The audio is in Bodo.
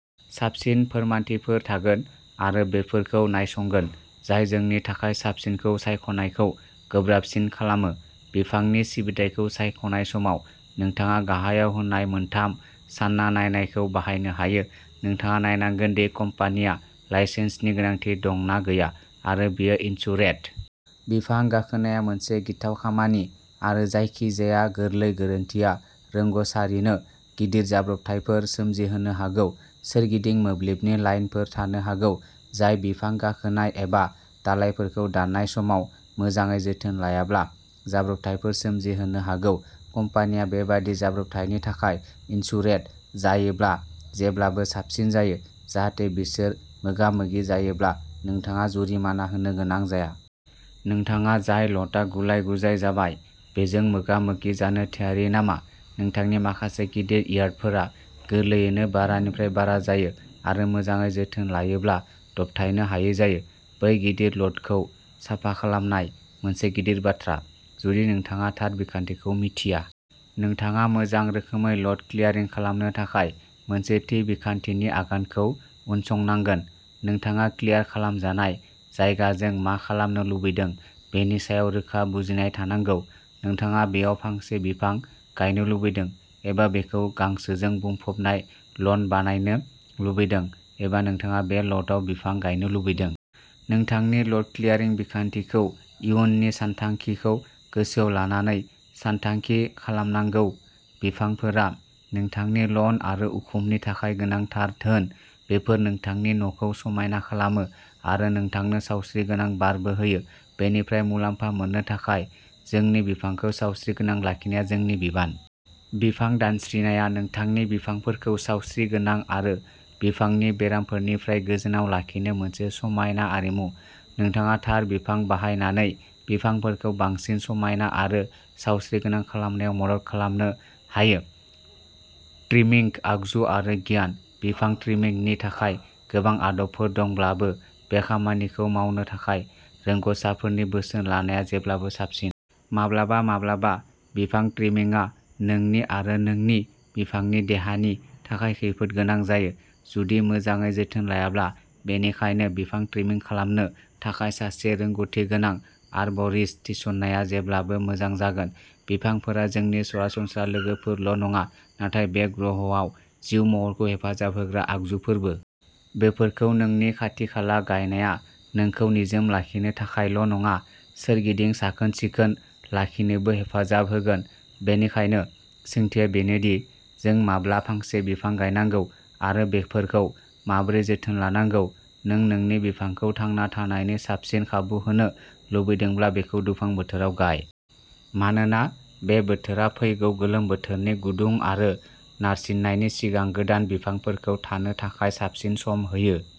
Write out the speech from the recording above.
साबसिन फोरमानथिफोर थागोन आरो बेफोरखौ नायसंगोन, जाय जोंनि थाखाय साबसिनखौ सायख'नायखौ गोब्राबसिन खालामो। बिफांनि सिबिथाइखौ सायख'नाय समाव नोंथाङा गाहायाव होनाय मोनथाम सान्ना नायनायखौ बाहायनो हायो। नोंथाङा नायनांगोन दि कम्पानिया लाइसेन्सनि गोनांथि दं ना गैया आरो बियो इन्सुरेद। बिफां गाखोनाया मोनसे गिथाव खामानि आरो जायखिजाया गोरलै गोरोन्थिआ रोंग'सारिनो गिदिर जाब्रबथायफोर सोमजिहोनो हागौ। सोरगिदिं मोब्लिबनि लाइनफोर थानो हागौ, जाय बिफां गाखोनाय एबा दालाइफोरखौ दाननाय समाव मोजाङै जोथोन लायाब्ला जाब्रबथायफोर सोमजिहोनो हागौ। कम्पानिया बेबादि जाब्रबथायनि थाखाय इन्सुरेद जायोब्ला जेब्लाबो साबसिन जायो, जाहाथे बिसोर मोगा-मोगि जायोब्ला नोंथाङा जुरिमाना होनो गोनां जाया। नोंथाङा जाय ल'टआ गुलाय-गुजाय जाबाय, बेजों मोगा-मोगि जानो थियारि नामा? नोंथांनि माखासे गिदिर यार्डफोरा गोरलैयैनो बारानिफ्राय बारा जायो आरो मोजाङै जोथोन लायोब्ला दबथायनो हायै जायो। बै गिदिर ल'टखौ साफा खालामनाय। मोनसे गिदिर बाथ्रा, जुदि नोंथाङा थार बिखान्थिखौ मिथिया। नोंथाङा मोजां रोखोमै ल'ट क्लियारिं खालामनो थाखाय मोनसे थि बिखान्थिनि आगानखौ उनसंनांगोन। नोंथाङा क्लियार खालामजानाय जायगाजों मा खालामनो लुबैदों बेनि सायाव रोखा बुजिनाय थानांगौ। नोंथाङा बेयाव फांसे बिफां गायनो लुबैदों एबा बेखौ गांसोजों बुंफबनाय लन बानायनो लुबैदों एबा नोंथाङा बे ल'टआव बिफां गायनो लुबैदों। नोंथांनि ल'ट क्लियारिं बिखान्थिखौ इयुननि सानथांखिखौ गोसोआव लानानै सानथांखि खालामनांगौ। बिफांफोरा नोंथांनि लन आरो उखुमनि थाखाय गोनांथार धोन। बेफोर नोंथांनि न'खौ समायना खालामो आरो नोंथांनो सावस्रिगोनां बारबो होयो। बेनिफ्राय मुलाम्फा मोननो थाखाय जोंनि बिफांखौ सावस्रिगोनां लाखिनाया जोंनि बिबान। बिफां दानस्रिनाया नोंथांनि बिफांफोरखौ सावस्रिगोनां आरो बिफांनि बेरामफोरनिफ्राय गोजानाव लाखिनो मोनसे समायना आरिमु। नोंथाङा थार बिफां बाहायनानै बिफांफोरखौ बांसिन समायना आरो सावस्रिगोनां खालामनायाव मदद खालामनो हायो। ट्रिमिंग आगजु आरो गियान। बिफां ट्रिमिंगनि थाखाय गोबां आदबफोर दंब्लाबो, बे खामानिखौ मावनो थाखाय रोंग'सारफोरनि बोसोन लानाया जेब्लाबो साबसिन। माब्लाबा-माब्लाबा, बिफां ट्रिमिंगआ नोंनि आरो नोंनि बिफांनि देहानि थाखाय खैफोद गोनां जायो जुदि मोजाङै जोथोन लायाब्ला, बेनिखायनो बिफां ट्रिमिंग खालामनो थाखाय सासे रोंग'थि गोनां आरबरिस्ट थिसननाया जेब्लाबो मोजां जागोन। बिफांफोरा जोंनि सरासनस्रा लोगोफोरल' नङा, नाथाय बे ग्रहआव जिउ महरखौ हेफाजाब होग्रा आगजुफोरबो। बेफोरखौ नोंनि खाथिखाला गायनाया नोंखौ निजोम लाखिनो थाखायल' नङा, सोरगिदिं साखोन-सिखोन लाखिनोबो हेफाजाब होगोन। बेनिखायनो, सोंथिया बेनो दि, जों माब्ला फांसे बिफां गायनांगौ आरो बेफोरखौ माबोरै जोथोन लानांगौ। नों नोंनि बिफांखौ थांना थानायनि साबसिन खाबु होनो लुबैदोंब्ला, बेखौ दुफां बोथोराव गाय। मानोना बे बोथोरा फैगौ गोलोम बोथोरनि गुदुं आरो नारसिननायनि सिगां गोदान बिफांफोरखौ थानो थाखाय साबसिन सम होयो।